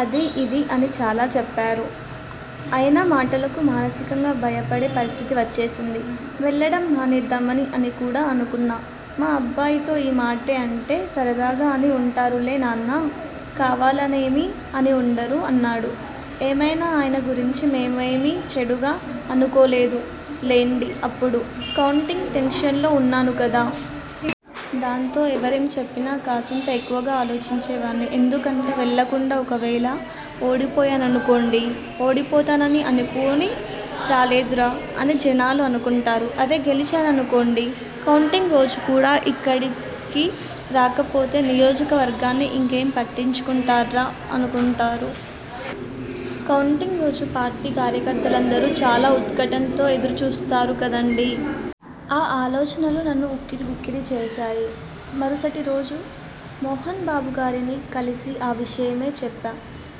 అదీ.. ఇదీ' అని చాలా చెప్పారు. ఆయన మాటలకు మానసికంగా భయపడే పరిస్థితి వచ్చేసింది. వెళ్ళడం మానేద్దామా అని కూడా అనుకున్నా. మా అబ్బాయితో ఈ మాటే అంటే 'సరదాగా అని ఉంటారులే నాన్నా.. కావాలనేమీ అని ఉండరు' అన్నాడు. ఏమైనా ఆయన గురించి మేమేమీ చెడుగా అనుకోలేదులెండిఅప్పుడు కౌంటింగ్ టెన్షన్లో ఉన్నాను కదా.. దాంతో ఎవరేం చెప్పినా కాసింత ఎక్కువగా ఆలోచించేవాణ్ణి. ఎందుకంటే వెళ్ళకుండా ఒకవేళ ఓడిపోయాననుకోండి.. 'ఓడిపోతానని అనుకుని రాలేదురా' అని జనాలు అనుకుంటారు.. అదే గెలిచాననుకోండి.. 'కౌంటింగ్రోజు కూడా ఇక్కడికి రాకపోతే, నియోజకవర్గాన్ని ఇంకేం పట్టించుకుంటాడ్రా' అనుకుంటారు.. కౌంటింగ్రోజు పార్టీ కార్యకర్తలందరూ చాలా ఉత్కంఠతో ఎదురుచూస్తారు కదండీ. ఆ ఆలోచనలు నన్ను ఉక్కిరిబిక్కిరి చేశాయి. మరుసటిరోజు మోహనబాబుగారిని కలిసి ఆ విషయమే చెప్పా.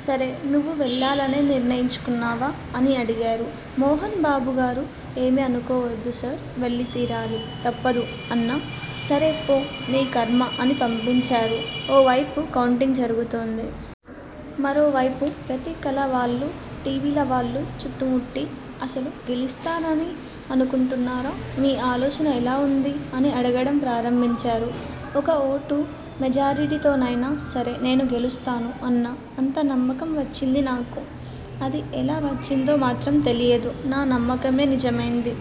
'సరే నువ్వు వెళ్ళాలనే నిర్ణయించుకున్నావా' అని అడిగారు మోహన్బాబుగారు. 'ఏమీ అనుకోవద్దు సార్ వెళ్ళి తీరాలి. తప్పదు' అన్నా. 'సరే పో.. నీ ఖర్మ' అని పంపించారు. ఓ వైపు కౌంటింగ్ జరుగుతోంది.. మరోవైపు ప్రత్కలవాళ్ళు టీవీలవాళ్ళు చుట్టుముట్టి.. 'అసలు గెలుస్తానని అనుకుంటున్నారా? మీ ఆలోచన ఎలా ఉంది' అని అడగడం ప్రారంభించారు. 'ఒక్క ఓటు మెజారిటీతోనైనా సరే నేను గెలుస్తాను' అన్నా. అంత నమ్మకం వచ్చింది నాకు. అది ఎలా వచ్చిందో మాత్రం తెలియదు. నా నమ్మకమే నిజమైంది.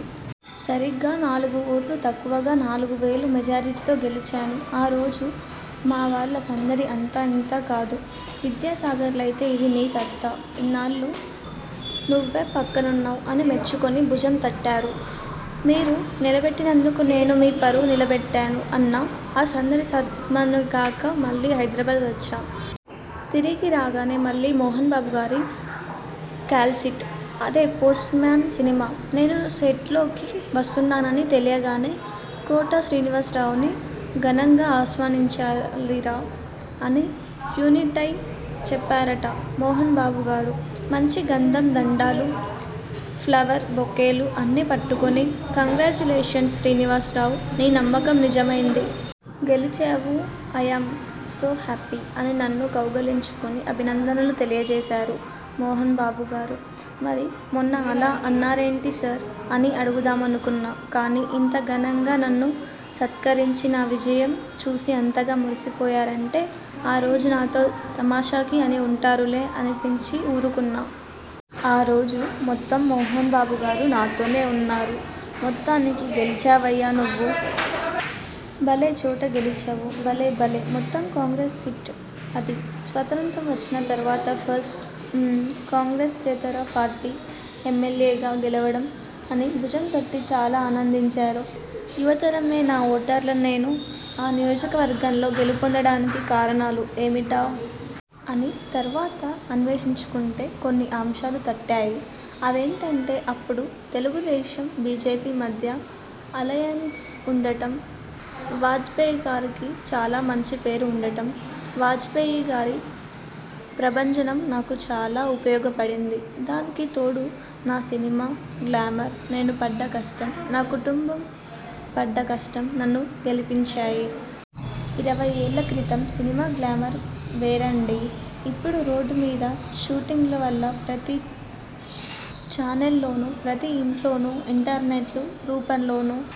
సరిగ్గా నాలుగుఓట్లు తక్కువగా నాలుగువేలు మెజార్టీతో గెలిచాను. ఆ రోజు మావాళ్ళ సందడి అంతా ఇంతా కాదు. విద్యాసాగర్గారైతే 'ఇదీ నీ సత్తా. ఇన్నాళ్ళూ నువ్వే పక్కనున్నావ్' అని మెచ్చుకుని భుజం తట్టారు. 'మీరు నిలబెట్టినందుకు నేను మీ పరువు నిలబెట్టాను' అన్నా. ఆ సందడి సద్దుమణిగాక మళ్ళీ హైదరాబాద్ వచ్చా. తిరిగి రాగానే మళ్ళీ మోహనబాబుగారి కాల్షీట్. అదే 'పోస్ట్మేన్' సినిమా. నేను సెట్లోకి వస్తున్నానని తెలియగానే 'కోట శ్రీనివాసరావుని ఘనంగా ఆహ్వానించాలిరా.. ' అని యూనిట్తో చెప్పారట మోహనబాబుగారు. మంచి గంధం దండలు, ఫ్లవర్ బొకేలు అన్నీ పట్టుకుని 'కంగ్రాట్యులేషన్స్ శ్రీనివాసరావు, నీ నమ్మకం నిజమైంది. గెలిచావు, అయామ్ సో హ్యాపీ.. ' అని నన్ను కౌగలించుకుని అభినందనలు తెలియజేశారు మోహనబాబుగారు. 'మరి మొన్న అలా అన్నారేంటి సార్.. ' అని అడుగుదామనుకున్నా. కానీ ఇంత ఘనంగా నన్ను సత్కరించి, నా విజయం చూసి అంతగా మురిసిపోయారంటే ఆ రోజు నాతో తమాషాకి అని ఉంటారులే అనిపించి ఊరకున్నా. ఆ రోజు మొత్తం మోహనబాబుగారు నాతోనే ఉన్నారు. 'మొత్తానికి గెలిచావయ్యా నువ్వు.. భలే చోట గెలిచావు.. భలే భలే.. మొత్తం కాంగ్రెస్ సీట్ అది. స్వాతంత్య్రం వచ్చిన తర్వాత ఫస్ట్టైమ్ కాంగ్రెస్యేతర పార్టీ ఎమ్మెల్యేగా గెలవడం.. ' అని భుజంతట్టి చాలా ఆనందించారు. యువతరమే నా ఓటర్లునేను ఆ నియోజకవర్గంలో గెలుపొందడానికి కారణాలు ఏమిటా? అని తర్వాత అన్వేషించుకుంటే కొన్ని అంశాలు తట్టాయి. అవేంటంటే అప్పుడు తెలుగుదేశం, బీజేపీ మధ్య అలయెన్స్ ఉండటం, వాజ్పేయిగారికి చాలా మంచి పేరు ఉండటం. వాజ్పేయిగారి ప్రభంజనం నాకు చాలా ఉపయోగపడింది. దానికి తోడు నా సినిమా గ్లామర్, నేనుపడ్డ కష్టం, నా కుటుంబంపడ్డ కష్టం నన్ను గెలిపించాయి. ఇరవైఏళ్ళ క్రితం సినిమా గ్లామర్ వేరండీ. ఇప్పుడు రోడ్లమీద షూటింగ్ల వల్ల, ప్రతి చానెల్లోనూ, ప్రతి ఇంట్లోనూ ఇంటర్నెట్ల రూపంలోనూ